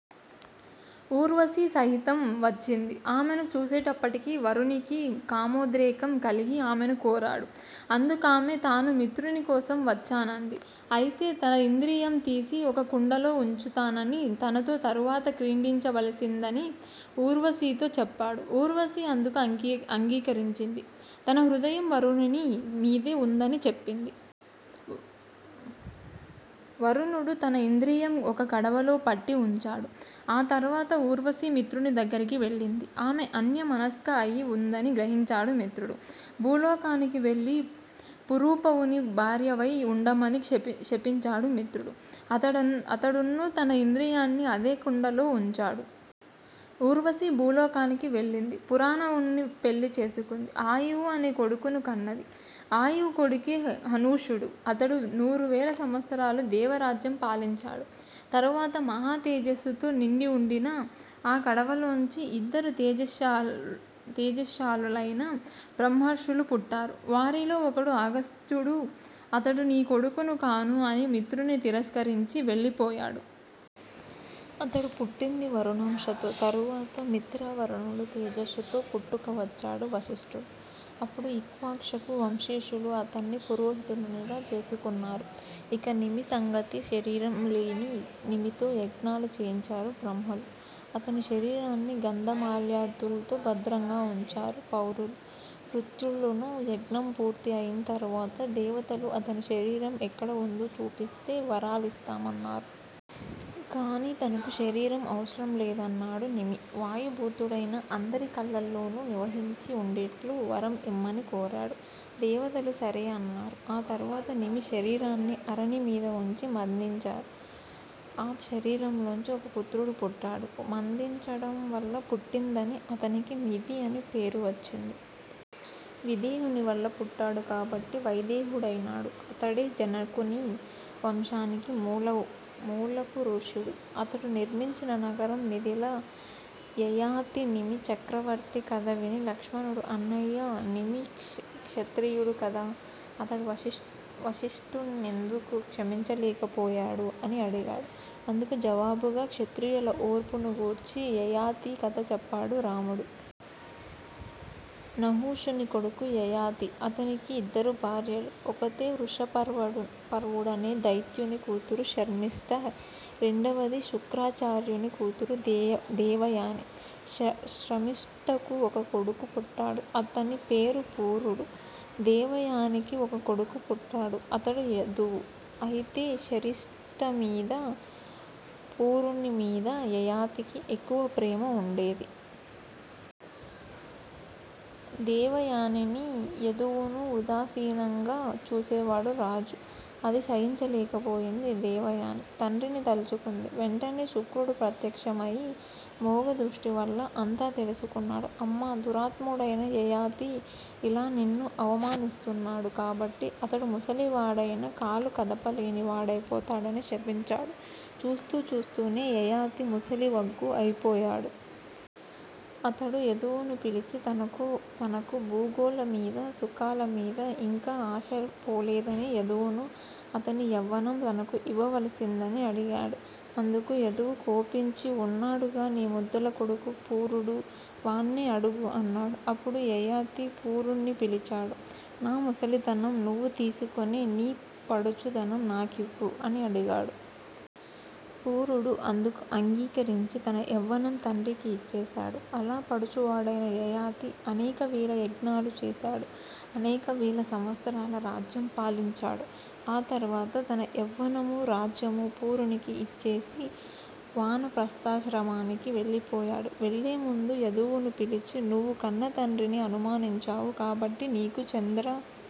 ఊర్వశి సహితం వచ్చింది. ఆమెను చూసేటప్పటికి వరుణినికి కామోద్రేకం కలిగి ఆమెను కోరాడు. అందుకామె తాను మిత్రుని కోసం వచ్చానంది. అయితే తన ఇంద్రియం తీసి ఒక కుండలో వుంచుతాననీ తనతో తరువాత క్రీడించవలసిందనీ ఊర్వశితో చెప్పాడు. ఊర్వశి అందుకు అంగీకరించింది. తన హృదయం వరుణుని మీది వుందని చెప్పింది. వరుణుడు తన ఇంద్రియం ఒక కడవలో పట్టి వుంచాడు. ఆ తర్వాత ఊర్వశి మిత్రుని దగ్గరికి వెళ్ళింది. ఆమె అన్య మనస్క అయి వుందని గ్రహించాడు మిత్రుడు. భూలోకానికి వెళ్లి పురూరవుని భార్యవై వుండమని శపించాడు మిత్రుడు. అతడున్నూ తన ఇంద్రియాన్ని అదే కుండలో వుంచాడు. ఊర్వశి భూలోకానికి వెళ్లింది. పురూరవుణ్ణి పెళ్లి చేసుకుంది. 'ఆయువు' అనే కొడుకును కన్నది. ఆయువు కొడుకే అనుషుడు. అతడు నూరువేల సంవత్సరాలు దేవ రాజ్యం పాలించాడు. తరువాత మహా తేజస్సుతో నిండి వుండిన ఆ కడవలోంచి ఇద్దరు తేజశ్శాలులైన బ్రహ్మర్షులు పుట్టారు. వారిలో ఒకడు అగస్త్యుడు అతడు నీ కొడుకును కాను అని మిత్రుణ్ని తిరస్కరించి వెళ్ళిపోయాడు. అతడు పుట్టింది వరుణాంశతో. తరువాత మిత్రావరుణుల తేజస్సుతో పుట్టుక వచ్చాడు వశిష్ఠుడు. అప్పుడు ఇక్ష్వాకు వంశీయులు అతణ్ని పురోహితుణ్నిగా చేసుకున్నారు. ఇక నిమి సంగతి. శరీరం లేని నిమితో యజ్ఞాలు చేయించారు బ్రాహ్మలు. అతని శరీరాన్ని గంధమాల్యాదుల్తో భద్రంగా వుంచారు పౌరులూ, భృత్యులున్నూ, యజ్ఞం పూర్తి అయిం తర్వాత దేవతలు అతని శరీరం ఎక్కడవుందో చూపిస్తే వరాలిస్తామన్నారు. కాని తనకు శరీరం అవసరం లేదన్నాడు నిమి. వాయుబూతుడై అందరి కళ్ళల్లోనూ నివసించి వుండేట్లు వరం ఇమ్మని కోరాడు. దేవతలు 'సరే' అన్నారు. ఆ తర్వాత నిమి శరీరాన్ని అరణి మీద వుంచి మధించారు. ఆ శరీరంలోంచి ఒక పుత్రుడు పుట్టాడు. మధించడం వల్ల పుట్టిందని అతనికి 'మిధి' అని పేరు వచ్చింది. విదేహుని వల్ల పుట్టాడు కాబట్టి వైదేహుడైనాడు. అతడే జనకుని వంశానికి మూలపుఋషుడు. అతడు నిర్మించిన నగరం మిథిల. యయాతి నిమి చక్రవర్తి కథ విని లక్ష్మణుడు అన్నయ్యా! నిమి క్షత్రియుడు కదా! అతడు వశిష్టుణ్నిఎందుకు క్షమించలేకపోయాడు? ' అని అడిగాడు. అందుకు జవాబుగా క్షత్రియుల ఓర్పును గూర్చి యయాతి కథ చెప్పాడు రాముడు. నహుషుని కొడుకు యయాతి. అతనికి ఇద్దరు భార్యలు. ఒకతే వృషపర్వుడనే దైత్యుని కూతురు శర్మిష్ఠ. రెండవది శుక్రాచార్యుని కూతురు దేవయాని. శర్మిష్ఠకు ఒక కొడుకు పుట్టాడు. అతని పేరు పూరుడు. దేవయానికీ ఒక కొడుకు పుట్టాడు. అతడు యదువు. అయితే శర్మిష్ఠమీదా, పూరునిమీదా యయాతికి ఎక్కువ ప్రేమ వుండేది. దేవయానినీ, యదువునూ ఉదాసీనంగా చూసేవాడు రాజు. అది సహించలేకపోయింది దేవయాని. తండ్రిని తల్చుకుంది. వెంటనే శుక్రుడు ప్రత్యక్షం అయి మోగదృష్టి వల్ల అంతా తెలుసుకున్నాడు. అమ్మా! దురాత్ముడైన యయాతి యిలా నిన్ను అవమానిస్తున్నాడు కాబట్టి అతడు ముసలివాడై కాలు కదపలేని వాడైపోతాడని శపించాడు. చూస్తూ, చూస్తూనే యయాతి ముసలి వగ్గు అయిపోయాడు. అతడు యదువును పిలిచి తనకు భోగాల మీద సుఖాలమీదా ఇంకా ఆశపోలేదనీ యదువును అతని యవ్వనం తనకు ఇవ్వవలసిందనీ అడిగాడు. అందుకు యదువు కోపించి ఉన్నాడుగా నీ ముద్దుల కొడుకు పూరుడు. వాణ్ణే అడుగు అన్నాడు. అప్పుడు యయాతి పూరుణ్ణి పిలిచాడు. నా ముసలితనం నువ్వు తీసుకొని నీ పడుచుదనం నాకివ్వు అని అడిగాడు. పూరుడు అందుకు అంగీకరించి తన యవ్వనం తండ్రికి యిచ్చేశాడు. అలా పడుచువాడైన యయాతి అనేక వేల యజ్ఞాలు చేశాడు. అనేకవేల సంవత్సరాల రాజ్యం పాలించాడు. ఆ తరువాత తన యవ్వనమూ, రాజ్యమూ పూరునికి ఇచ్చేసి వానప్రస్థాశ్రమానికి వెళ్ళిపోయాడు. వెళ్లేముందు యదువును పిలిచి నువ్వు కన్న తండ్రిని అవమానించావు. కాబట్టి నీకు చంద్ర